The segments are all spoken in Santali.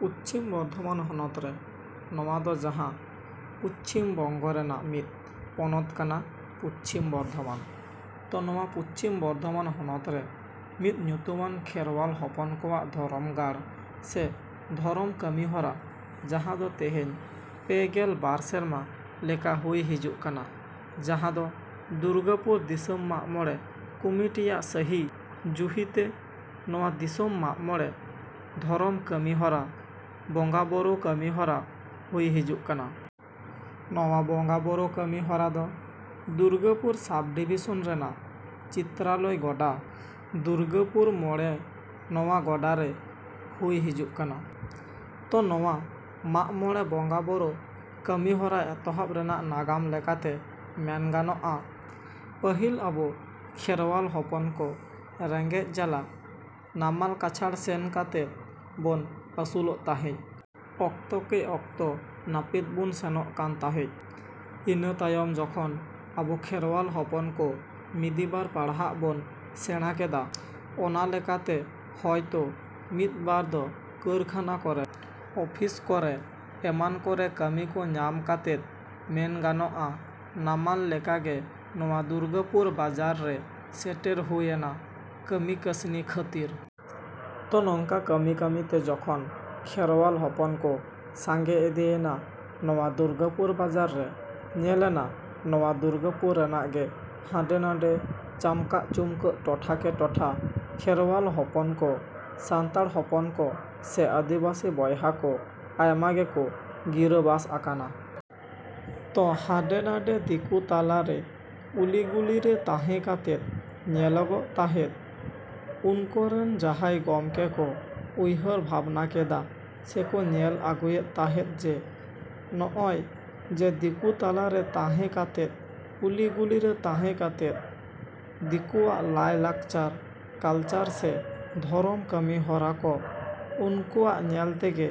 ᱯᱚᱪᱷᱤᱢ ᱵᱚᱨᱫᱷᱚᱢᱟᱱ ᱦᱚᱱᱚᱛ ᱨᱮ, ᱱᱚᱣᱟ ᱫᱚ ᱡᱟᱦᱟᱸ ᱯᱚᱪᱷᱤᱢ ᱵᱚᱝᱜᱚ ᱨᱮᱱᱟᱜ ᱢᱤᱫ ᱯᱚᱱᱚᱛ ᱠᱟᱱᱟ ᱯᱚᱪᱷᱤᱢ ᱵᱚᱨᱫᱷᱚᱢᱟᱱ, ᱛᱚ ᱱᱚᱣᱟ ᱯᱚᱪᱷᱤᱢ ᱵᱚᱨᱫᱷᱚᱢᱟᱱ ᱦᱚᱱᱚᱛ ᱨᱮ ᱢᱤᱫ ᱧᱩᱛᱩᱢᱟᱱ ᱠᱷᱮᱨᱣᱟᱞ ᱦᱚᱯᱚᱱ ᱠᱚᱣᱟᱜ ᱫᱷᱚᱨᱚᱢ ᱜᱟᱲ ᱥᱮ ᱫᱷᱚᱨᱚᱢ ᱠᱟᱹᱢᱤ ᱦᱚᱨᱟ ᱡᱟᱦᱟᱸ ᱫᱚ ᱛᱮᱦᱮᱧ ᱯᱮᱜᱮᱞ ᱵᱟᱨ ᱥᱮᱨᱢᱟ ᱞᱮᱠᱟ ᱦᱩᱭ ᱦᱤᱡᱩᱜ ᱠᱟᱱᱟ, ᱡᱟᱦᱟᱸ ᱫᱚ ᱫᱩᱨᱜᱟᱹᱯᱩᱨ ᱫᱤᱥᱚᱢ ᱢᱟᱜ ᱢᱚᱬᱮ ᱠᱚᱢᱤᱴᱤᱭᱟᱜ ᱥᱟᱹᱦᱤ ᱡᱩᱦᱤᱛᱮ ᱱᱚᱣᱟ ᱫᱤᱥᱚᱢ ᱢᱟᱜ ᱢᱚᱬᱮ ᱫᱷᱚᱨᱚᱢ ᱠᱟᱹᱢᱤ ᱦᱚᱨᱟ, ᱵᱚᱸᱜᱟ ᱵᱳᱨᱳ ᱠᱟᱹᱢᱤ ᱦᱚᱨᱟ ᱦᱩᱭ ᱦᱤᱡᱩᱜ ᱠᱟᱱᱟ᱾ ᱱᱚᱣᱟ ᱵᱚᱸᱜᱟ ᱵᱳᱨᱳ ᱠᱟᱹᱢᱤ ᱦᱚᱨᱟ ᱫᱚ ᱫᱩᱨᱜᱟᱹᱯᱩᱨ ᱥᱟᱵ ᱰᱤᱵᱷᱤᱥᱮᱱ ᱨᱮᱱᱟᱜ ᱪᱤᱛᱨᱟᱞᱚᱭ ᱜᱚᱰᱟ, ᱫᱩᱨᱜᱟᱹᱯᱩᱨ ᱢᱚᱬᱮ ᱱᱚᱣᱟ ᱜᱚᱰᱟ ᱨᱮ ᱦᱩᱭ ᱦᱤᱡᱩᱜ ᱠᱟᱱᱟ᱾ ᱛᱚ ᱱᱚᱣᱟ ᱢᱟᱜ ᱢᱚᱬᱮ ᱵᱚᱸᱜᱟ ᱵᱳᱨᱳ ᱠᱟᱹᱢᱤ ᱦᱚᱨᱟ ᱮᱛᱚᱦᱚᱵ ᱨᱮᱱᱟᱜ ᱱᱟᱜᱟᱢ ᱞᱮᱠᱟ ᱛᱮ ᱢᱮᱱᱜᱟᱱᱚᱜᱼᱟ, ᱯᱟᱹᱦᱤᱞ ᱟᱵᱚ ᱠᱷᱮᱨᱣᱟᱞ ᱦᱚᱯᱚᱱ ᱠᱚ ᱨᱮᱸᱜᱮᱡ ᱡᱟᱞᱟ ᱱᱟᱢᱟᱞ ᱠᱟᱪᱷᱟᱲ ᱥᱮᱱ ᱠᱟᱛᱮᱫ ᱵᱚᱱ ᱟᱹᱥᱩᱞᱚᱜ ᱛᱟᱦᱮᱡ᱾ ᱚᱠᱛᱚ ᱠᱮ ᱚᱠᱛᱚ ᱱᱟᱹᱯᱤᱛ ᱵᱚᱱ ᱥᱮᱱᱚᱜ ᱠᱟᱱ ᱛᱟᱦᱮᱡ᱾ ᱤᱱᱟᱹ ᱛᱟᱭᱚᱢ ᱡᱚᱠᱷᱚᱱ ᱟᱵᱚ ᱠᱷᱮᱨᱣᱟᱞ ᱦᱚᱯᱚᱱ ᱠᱚ ᱢᱤᱫᱤ ᱵᱟᱨ ᱯᱟᱲᱦᱟᱜ ᱵᱚᱱ ᱥᱮᱬᱟ ᱠᱮᱫᱟ, ᱚᱱᱟ ᱞᱮᱠᱟᱛᱮ ᱦᱳᱭᱛᱳ ᱢᱤᱫ ᱵᱟᱨ ᱫᱚ ᱠᱟᱹᱨᱠᱷᱟᱱᱟ ᱠᱚᱨᱮ, ᱚᱯᱷᱤᱥ ᱠᱚᱨᱮ ᱮᱢᱟᱱ ᱠᱚᱨᱮ ᱠᱟᱹᱢᱤ ᱠᱚ ᱧᱟᱢ ᱠᱟᱛᱮᱫ ᱢᱮᱱᱜᱟᱱᱚᱜᱼᱟ ᱱᱟᱢᱟᱞ ᱞᱮᱠᱟ ᱜᱮ ᱱᱚᱣᱟ ᱫᱩᱨᱜᱟᱹᱯᱩᱨ ᱵᱟᱡᱟᱨ ᱨᱮ ᱥᱮᱴᱮᱨ ᱦᱩᱭᱮᱱᱟ ᱠᱟᱹᱢᱤ ᱠᱟᱹᱥᱱᱤ ᱠᱷᱟᱹᱛᱤᱨ᱾ ᱛᱚ ᱱᱚᱝᱠᱟ ᱠᱟᱹᱢᱤᱼᱠᱟᱹᱢᱤ ᱛᱮ ᱡᱚᱠᱷᱚᱱ ᱠᱷᱮᱨᱣᱟᱞ ᱦᱚᱯᱚᱱ ᱠᱚ ᱥᱟᱸᱜᱮ ᱤᱫᱤᱭᱮᱱᱟ ᱱᱚᱣᱟ ᱫᱩᱨᱜᱟᱹᱯᱩᱨ ᱵᱟᱡᱟᱨ ᱨᱮ, ᱧᱮᱞᱮᱱᱟ ᱱᱚᱣᱟ ᱫᱩᱨᱜᱟᱹᱯᱩᱨ ᱨᱮᱱᱟᱜ ᱜᱮ ᱦᱟᱸᱰᱮ ᱱᱟᱸᱰᱮ ᱪᱟᱢᱠᱟᱜᱼᱪᱩᱢᱠᱟᱹᱜ ᱴᱚᱴᱷᱟ ᱠᱮ ᱴᱚᱴᱷᱟ ᱠᱷᱮᱨᱣᱟᱞ ᱦᱚᱯᱚᱱ ᱠᱚ, ᱥᱟᱱᱛᱟᱲ ᱦᱚᱯᱚᱱ ᱠᱚ ᱥᱮ ᱟᱹᱫᱤᱵᱟᱹᱥᱤ ᱵᱚᱭᱦᱟ ᱠᱚ ᱟᱭᱢᱟ ᱜᱮᱠᱚ ᱜᱤᱨᱟᱹᱵᱟᱥ ᱟᱠᱟᱱᱟ᱾ ᱛᱚ ᱦᱟᱸᱰᱮ ᱱᱟᱸᱰᱮ ᱫᱤᱠᱩ ᱛᱟᱞᱟ ᱨᱮ ᱩᱞᱤ ᱜᱩᱞᱤ ᱨᱮ ᱛᱟᱦᱮᱸ ᱠᱟᱛᱮᱫ ᱧᱮᱞᱚᱜᱚᱜ ᱛᱟᱦᱮᱫ ᱩᱱᱠᱚᱨᱮᱱ ᱡᱟᱦᱟᱭ ᱜᱚᱢᱠᱮ ᱠᱚ ᱩᱭᱦᱟᱹᱨ ᱵᱷᱟᱵᱱᱟ ᱠᱮᱫᱟ ᱥᱮᱠᱚ ᱧᱮᱞ ᱟᱹᱜᱩᱭᱮᱫ ᱛᱟᱦᱮᱫ ᱡᱮ ᱱᱚᱜᱚᱭ ᱡᱮ ᱫᱤᱠᱩ ᱛᱟᱞᱟ ᱨᱮ ᱛᱟᱦᱮᱸ ᱠᱟᱛᱮᱫ, ᱩᱞᱤ ᱜᱩᱞᱤ ᱨᱮ ᱛᱟᱦᱮᱸ ᱠᱟᱛᱮᱫ ᱫᱤᱠᱩᱣᱟᱜ ᱞᱟᱭ ᱞᱟᱠᱪᱟᱨ, ᱠᱟᱞᱪᱟᱨ ᱥᱮ ᱫᱷᱚᱨᱚᱢ ᱠᱟᱹᱢᱤ ᱦᱚᱨᱟ ᱠᱚ ᱩᱱᱠᱩᱣᱟᱜ ᱧᱮᱞ ᱛᱮᱜᱮ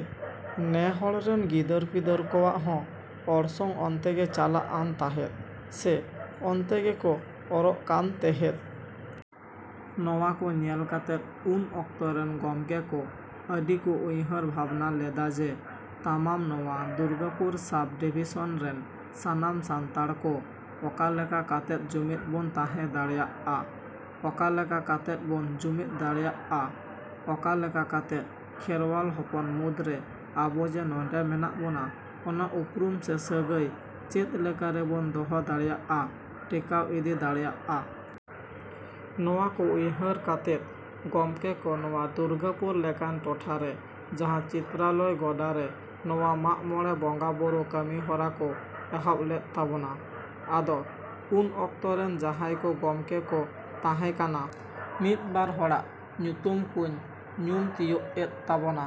ᱱᱮ ᱦᱚᱲ ᱨᱮᱱ ᱜᱤᱫᱟᱹᱨ ᱯᱤᱫᱟᱹᱨ ᱠᱚᱣᱟᱜ ᱦᱚᱸ ᱚᱲᱥᱚᱝ ᱚᱱᱛᱮ ᱜᱮ ᱪᱟᱞᱟᱜ ᱟᱱ ᱛᱟᱦᱮᱫ ᱥᱮ ᱚᱱᱛᱮ ᱜᱮᱠᱚ ᱚᱨᱚᱜ ᱠᱟᱱ ᱛᱮᱦᱮᱫ᱾ ᱱᱚᱣᱟ ᱠᱚ ᱧᱮᱞ ᱠᱟᱛᱮᱫ ᱩᱱ ᱚᱠᱛᱚᱨᱮᱱ ᱜᱚᱢᱠᱮ ᱠᱚ ᱟᱹᱰᱤ ᱠᱚ ᱩᱭᱦᱟᱹᱨ ᱵᱷᱟᱵᱱᱟ ᱞᱮᱫᱟ ᱡᱮ ᱛᱟᱢᱟᱢ ᱱᱚᱣᱟ ᱫᱩᱨᱜᱟᱹᱯᱩᱨ ᱥᱟᱵ ᱰᱤᱵᱷᱤᱥᱮᱱ ᱨᱮᱱ ᱥᱟᱱᱟᱢ ᱥᱟᱱᱛᱟᱲ ᱠᱚ ᱚᱠᱟ ᱞᱮᱠᱟ ᱠᱟᱛᱮᱫ ᱡᱩᱢᱤᱫ ᱵᱚᱱ ᱛᱟᱦᱮᱸ ᱫᱟᱲᱮᱭᱟᱜᱼᱟ, ᱚᱠᱟ ᱞᱮᱠᱟ ᱠᱟᱛᱮᱫ ᱵᱚᱱ ᱡᱩᱢᱤᱫ ᱫᱟᱲᱮᱭᱟᱜᱼᱟ, ᱚᱠᱟ ᱞᱮᱠᱟ ᱠᱟᱛᱮᱫ ᱠᱷᱮᱨᱣᱟᱞ ᱦᱚᱯᱚᱱ ᱢᱩᱫᱽ ᱨᱮ ᱟᱵᱚ ᱡᱮ ᱱᱚᱰᱮ ᱢᱮᱱᱟᱜ ᱵᱚᱱᱟ ᱚᱱᱟ ᱩᱯᱨᱩᱢ ᱥᱮ ᱥᱟᱹᱜᱟᱹᱭ ᱪᱮᱫ ᱞᱮᱠᱟ ᱨᱮᱵᱚᱱ ᱫᱚᱦᱚ ᱫᱟᱲᱮᱭᱟᱜᱼᱟ, ᱴᱮᱠᱟᱣ ᱤᱫᱤ ᱫᱟᱲᱮᱭᱟᱜᱼᱟ᱾ ᱱᱚᱣᱟ ᱠᱚ ᱩᱭᱦᱟᱹᱨ ᱠᱟᱛᱮᱫ ᱜᱚᱢᱠᱮ ᱠᱚ ᱱᱚᱣᱟ ᱫᱩᱨᱜᱟᱹᱯᱩᱨ ᱞᱮᱠᱟᱱ ᱴᱚᱴᱷᱟ ᱨᱮ ᱡᱟᱦᱟᱸ ᱪᱤᱛᱨᱟᱞᱚᱭ ᱜᱚᱰᱟ ᱨᱮ ᱱᱚᱣᱟ ᱢᱟᱜ ᱢᱚᱬᱮ ᱵᱚᱸᱜᱟ ᱵᱳᱨᱳ ᱠᱟᱹᱢᱤ ᱦᱚᱨᱟ ᱠᱚ ᱮᱦᱚᱵ ᱞᱮᱫ ᱛᱟᱵᱚᱱᱟ᱾ ᱟᱫᱚ ᱩᱱ ᱚᱠᱛᱚ ᱨᱮᱱ ᱡᱟᱦᱟᱭ ᱠᱚ ᱜᱚᱢᱠᱮ ᱠᱚ ᱛᱟᱦᱮᱸ ᱠᱟᱱᱟ, ᱢᱤᱫ ᱵᱟᱨ ᱦᱚᱲᱟᱜ ᱧᱩᱛᱩᱢ ᱠᱩᱧ ᱧᱩᱢ ᱛᱤᱭᱳᱜ ᱮᱫ ᱛᱟᱵᱚᱱᱟ,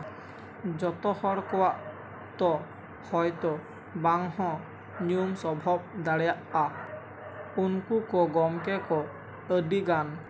ᱡᱚᱛᱚ ᱦᱚᱲ ᱠᱚᱣᱟᱜ ᱛᱚ ᱦᱳᱭ ᱛᱳ ᱵᱟᱝ ᱦᱚᱸ ᱧᱩᱢ ᱥᱚᱵᱷᱚᱵ ᱫᱟᱲᱮᱭᱟᱜᱼᱟ᱾ ᱩᱱᱠᱩ ᱠᱚ ᱜᱚᱢᱠᱮ ᱠᱚ ᱟᱹᱰᱤ ᱜᱟᱱ᱾